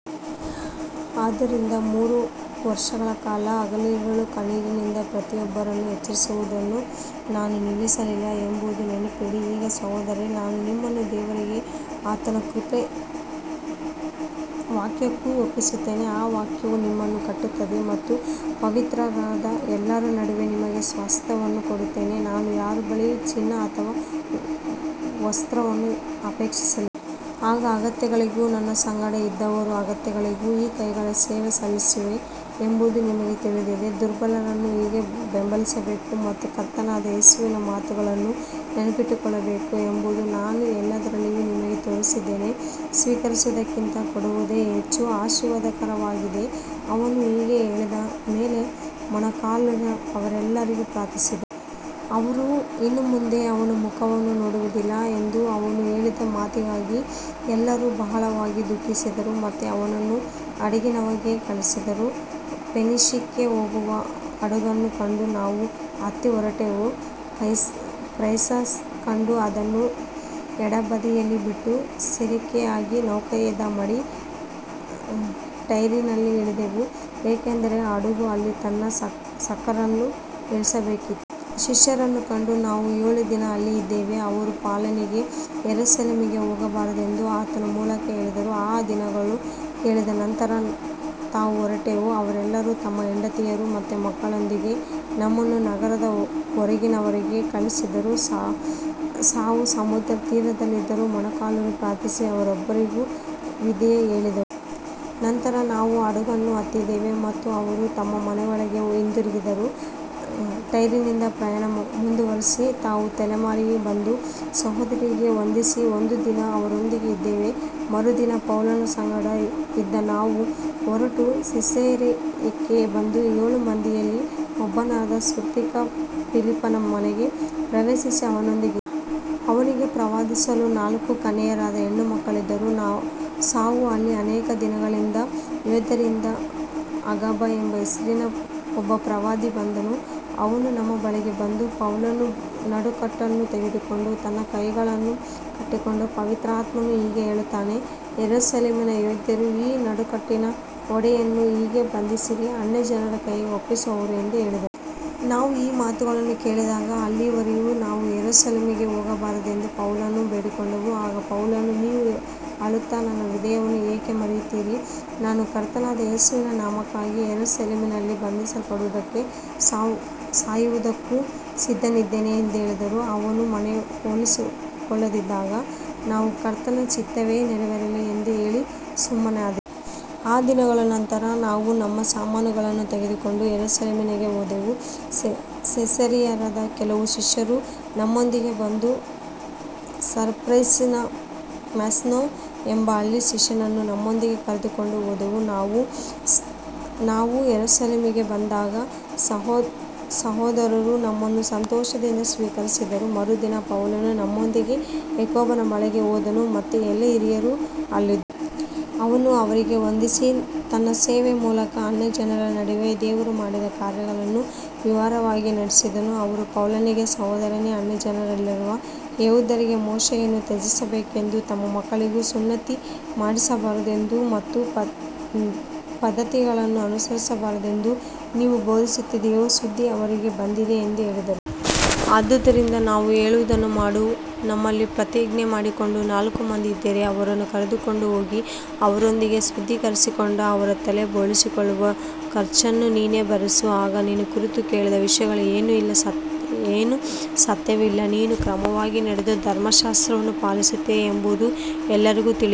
ಆದ್ದರಿಂದ ಮೂರು ವರ್ಷಗಳ ಕಾಲ ಹಗಲಿರುಳು ಕಣ್ಣೀರಿನಿಂದ ಪ್ರತಿಯೊಬ್ಬರನ್ನೂ ಎಚ್ಚರಿಸುವುದನ್ನು ನಾನು ನಿಲ್ಲಿಸಲಿಲ್ಲ ಎಂಬುದನ್ನು ನೆನಪಿಡಿ. ಈಗ ಸಹೋದರರೇ, ನಾನು ನಿಮ್ಮನ್ನು ದೇವರಿಗೂ ಆತನ ಕೃಪೆಯ ವಾಕ್ಯಕ್ಕೂ ಒಪ್ಪಿಸುತ್ತೇನೆ. ಆ ವಾಕ್ಯವು ನಿಮ್ಮನ್ನು ಕಟ್ಟುತ್ತದೆ ಮತ್ತು ಪವಿತ್ರರಾದ ಎಲ್ಲರ ನಡುವೆ ನಿಮಗೆ ಸ್ವಾಸ್ತ್ಯವನ್ನು ಕೊಡುತ್ತದೆ. ನಾನು ಯಾರ ಬೆಳ್ಳಿ, ಚಿನ್ನ ಅಥವಾ ವಸ್ತ್ರವನ್ನೂ ಅಪೇಕ್ಷಿಸಲಿಲ್ಲ. ನನ್ನ ಅಗತ್ಯಗಳಿಗೂ ನನ್ನ ಸಂಗಡ ಇದ್ದವರ ಅಗತ್ಯಗಳಿಗೂ ಈ ಕೈಗಳು ಸೇವೆ ಸಲ್ಲಿಸಿವೆ ಎಂಬುದು ನಿಮಗೆ ತಿಳಿದಿದೆ. ದುರ್ಬಲರನ್ನು ಹೇಗೆ ಬೆಂಬಲಿಸಬೇಕು ಮತ್ತು ಕರ್ತನಾದ ಯೇಸುವಿನ ಮಾತುಗಳನ್ನು ನೆನಪಿಟ್ಟುಕೊಳ್ಳಬೇಕು ಎಂಬುದನ್ನು ನಾನು ಎಲ್ಲದರಲ್ಲಿಯೂ ನಿಮಗೆ ತೋರಿಸಿದ್ದೇನೆ. ಸ್ವೀಕರಿಸುವುದಕ್ಕಿಂತ ಕೊಡುವುದೇ ಹೆಚ್ಚು ಆಶೀರ್ವಾದಕರವಾಗಿದೆ. ಅವನು ಹೀಗೆ ಹೇಳಿದ ಮೇಲೆ ಮೊಣಕಾಲೂರಿ ಅವರೆಲ್ಲರೊಂದಿಗೆ ಪ್ರಾರ್ಥಿಸಿದನು. ಅವರು ಇನ್ನು ಮುಂದೆ ಅವನ ಮುಖವನ್ನು ನೋಡುವುದಿಲ್ಲ ಎಂದು ಅವನು ಹೇಳಿದ ಮಾತಿಗಾಗಿ ಎಲ್ಲರೂ ಬಹಳವಾಗಿ ದುಃಖಿಸಿದರು ಮತ್ತು ಅವನನ್ನು ಹಡಗಿನವರೆಗೆ ಕಳುಹಿಸಿದರು. ಫೆನೀಷಿಯಕ್ಕೆ ಹೋಗುವ ಹಡಗನ್ನು ಕಂಡು ನಾವು ಹತ್ತಿ ಹೊರಟೆವು. ಸೈಪ್ರಸನ್ನು ಕಂಡು ಅದನ್ನು ಎಡಬದಿಯಲ್ಲಿ ಬಿಟ್ಟು ಸಿರಿಯಾಕ್ಕೆ ನೌಕಾಯಾನ ಮಾಡಿ ಟೈರಿನಲ್ಲಿ ಇಳಿದೆವು, ಏಕೆಂದರೆ ಹಡಗು ಅಲ್ಲಿ ತನ್ನ ಸರಕನ್ನು ಇಳಿಸಬೇಕಾಗಿತ್ತು. ಶಿಷ್ಯರನ್ನು ಕಂಡು ನಾವು ಏಳು ದಿನ ಅಲ್ಲಿಯೇ ಇದ್ದೆವು. ಅವರು ಪೌಲನಿಗೆ ಯೆರೂಸಲೇಮಿಗೆ ಹೋಗಬಾರದೆಂದು ಆತ್ಮದ ಮೂಲಕ ಹೇಳಿದರು. ಆ ದಿನಗಳನ್ನು ಕಳೆದ ನಂತರ ನಾವು ಹೊರಟೆವು. ಅವರೆಲ್ಲರೂ ತಮ್ಮ ಹೆಂಡತಿಯರು ಮತ್ತು ಮಕ್ಕಳೊಂದಿಗೆ ನಮ್ಮನ್ನು ನಗರದ ಹೊರಗಿನವರೆಗೆ ಕಳುಹಿಸಿದರು. ನಾವು ಸಮುದ್ರತೀರದಲ್ಲಿ ಮೊಣಕಾಲೂರಿ ಪ್ರಾರ್ಥಿಸಿ ಒಬ್ಬರಿಗೊಬ್ಬರು ವಿದಾಯ ಹೇಳಿದೆವು. ನಂತರ ನಾವು ಹಡಗನ್ನು ಹತ್ತಿದೆವು ಮತ್ತು ಅವರು ತಮ್ಮ ಮನೆಗಳಿಗೆ ಹಿಂದಿರುಗಿದರು. ಟೈರಿನಿಂದ ಪ್ರಯಾಣ ಮುಂದುವರಿಸಿ ನಾವು ತೊಲೆಮಾಯಿಗೆ ಬಂದು ಸಹೋದರರಿಗೆ ವಂದಿಸಿ ಒಂದು ದಿನ ಅವರೊಂದಿಗೆ ಇದ್ದೆವು. ಮರುದಿನ ಪೌಲನ ಸಂಗಡ ಇದ್ದ ನಾವು ಹೊರಟು ಸಿಸೇರಿಯಾಕ್ಕೆ ಬಂದು ಏಳು ಮಂದಿಯಲ್ಲಿ ಒಬ್ಬನಾದ ಸುವಾರ್ತಿಕ ಫಿಲಿಪ್ಪನ ಮನೆಗೆ ಪ್ರವೇಶಿಸಿ ಅವನೊಂದಿಗೆ ಇದ್ದೆವು. ಅವನಿಗೆ ಪ್ರವಾದಿಸುವ ನಾಲ್ಕು ಕನ್ಯೆಯರಾದ ಹೆಣ್ಣುಮಕ್ಕಳಿದ್ದರು. ನಾವು ಅಲ್ಲಿ ಅನೇಕ ದಿನಗಳಿದ್ದಾಗ ಯೂದಾಯದಿಂದ ಅಗಬ ಎಂಬ ಹೆಸರಿನ ಒಬ್ಬ ಪ್ರವಾದಿ ಬಂದನು. ಅವನು ನಮ್ಮ ಬಳಿಗೆ ಬಂದು ಪೌಲನ ನಡುಕಟ್ಟನ್ನು ತೆಗೆದುಕೊಂಡು ತನ್ನ ಕೈಕಾಲುಗಳನ್ನು ಕಟ್ಟಿಕೊಂಡು, ಪವಿತ್ರಾತ್ಮನು ಹೀಗೆ ಹೇಳುತ್ತಾನೆ, ಯೆರೂಸಲೇಮಿನಲ್ಲಿ ಯೆಹೂದ್ಯರು ಈ ನಡುಕಟ್ಟಿನ ಒಡೆಯನನ್ನು ಹೀಗೆ ಬಂಧಿಸಿ ಅನ್ಯಜನರ ಕೈಗೆ ಒಪ್ಪಿಸುವರು ಎಂದು ಹೇಳಿದನು. ನಾವು ಈ ಮಾತುಗಳನ್ನು ಕೇಳಿದಾಗ ಅಲ್ಲಿಯವರೂ ನಾವೂ ಯೆರೂಸಲೇಮಿಗೆ ಹೋಗಬಾರದೆಂದು ಪೌಲನನ್ನು ಬೇಡಿಕೊಂಡೆವು. ಆಗ ಪೌಲನು, ನೀವು ಅಳುತ್ತಾ ನನ್ನ ಹೃದಯವನ್ನು ಏಕೆ ಮುರಿಯುತ್ತೀರಿ, ನಾನು ಕರ್ತನಾದ ಯೇಸುವಿನ ನಾಮಕ್ಕಾಗಿ ಯೆರೂಸಲೇಮಿನಲ್ಲಿ ಬಂಧಿಸಲ್ಪಡುವುದಕ್ಕೂ ಸಾಯುವುದಕ್ಕೂ ಸಿದ್ಧನಿದ್ದೇನೆ ಎಂದು ಹೇಳಿದನು. ಅವನು ಮನವೊಲಿಸಿಕೊಳ್ಳದಿದ್ದಾಗ ನಾವು, ಕರ್ತನ ಚಿತ್ತವೇ ನೆರವೇರಲಿ ಎಂದು ಹೇಳಿ ಸುಮ್ಮನಾದೆವು. ಆ ದಿನಗಳ ನಂತರ ನಾವು ನಮ್ಮ ಸಾಮಾನುಗಳನ್ನು ತೆಗೆದುಕೊಂಡು ಯೆರೂಸಲೇಮಿಗೆ ಹೋದೆವು. ಸಿಸೇರಿಯಾದ ಕೆಲವು ಶಿಷ್ಯರೂ ನಮ್ಮೊಂದಿಗೆ ಬಂದು ಸೈಪ್ರಸಿನ ಮ್ನಾಸೋನ ಎಂಬ ಹಳೆಯ ಶಿಷ್ಯನನ್ನು ನಮ್ಮೊಂದಿಗೆ ಕರೆದುಕೊಂಡು ಹೋದರು. ನಾವು ಯೆರೂಸಲೇಮಿಗೆ ಬಂದಾಗ ಸಹೋದರರು ನಮ್ಮನ್ನು ಸಂತೋಷದಿಂದ ಸ್ವೀಕರಿಸಿದರು. ಮರುದಿನ ಪೌಲನು ನಮ್ಮೊಂದಿಗೆ ಯಾಕೋಬನ ಬಳಿಗೆ ಹೋದನು ಮತ್ತು ಎಲ್ಲಾ ಹಿರಿಯರೂ ಅಲ್ಲಿದ್ದರು. ಅವನು ಅವರಿಗೆ ವಂದಿಸಿ, ತನ್ನ ಸೇವೆಯ ಮೂಲಕ ಅನ್ಯಜನರ ನಡುವೆ ದೇವರು ಮಾಡಿದ ಕಾರ್ಯಗಳನ್ನು ವಿವರವಾಗಿ ತಿಳಿಸಿದನು. ಅವರು ಪೌಲನಿಗೆ, ಸಹೋದರನೇ, ಅನ್ಯಜನರಲ್ಲಿರುವ ಯೆಹೂದ್ಯರಿಗೆ ಮೋಶೆಯನ್ನು ತ್ಯಜಿಸಬೇಕೆಂದು, ತಮ್ಮ ಮಕ್ಕಳಿಗೆ ಸುನ್ನತಿ ಮಾಡಿಸಬಾರದೆಂದು ಮತ್ತು ಪದ್ಧತಿಗಳನ್ನು ಅನುಸರಿಸಬಾರದೆಂದು ನೀನು ಬೋಧಿಸುತ್ತೀಯೆಂಬ ಸುದ್ದಿ ಅವರಿಗೆ ಬಂದಿದೆ ಎಂದು ಹೇಳಿದರು. ಆದ್ದರಿಂದ ನಾವು ಹೇಳುವುದನ್ನು ಮಾಡು. ನಮ್ಮಲ್ಲಿ ಪ್ರತಿಜ್ಞೆ ಮಾಡಿಕೊಂಡ ನಾಲ್ಕು ಮಂದಿ ಇದ್ದಾರೆ. ಅವರನ್ನು ಕರೆದುಕೊಂಡು ಹೋಗಿ ಅವರೊಂದಿಗೆ ಶುದ್ಧೀಕರಿಸಿಕೊಂಡು ಅವರ ತಲೆ ಬೋಳಿಸಿಕೊಳ್ಳುವ ಖರ್ಚನ್ನು ನೀನೇ ಭರಿಸು. ಆಗ ನಿನ್ನ ಕುರಿತು ಕೇಳಿದ ವಿಷಯಗಳಲ್ಲಿ ಏನೂ ಸತ್ಯವಿಲ್ಲ, ನೀನೂ ಕ್ರಮವಾಗಿ ನಡೆದು ಧರ್ಮಶಾಸ್ತ್ರವನ್ನು ಪಾಲಿಸುತ್ತೀಯೆ ಎಂಬುದು ಎಲ್ಲರಿಗೂ ತಿಳಿಯುವುದು.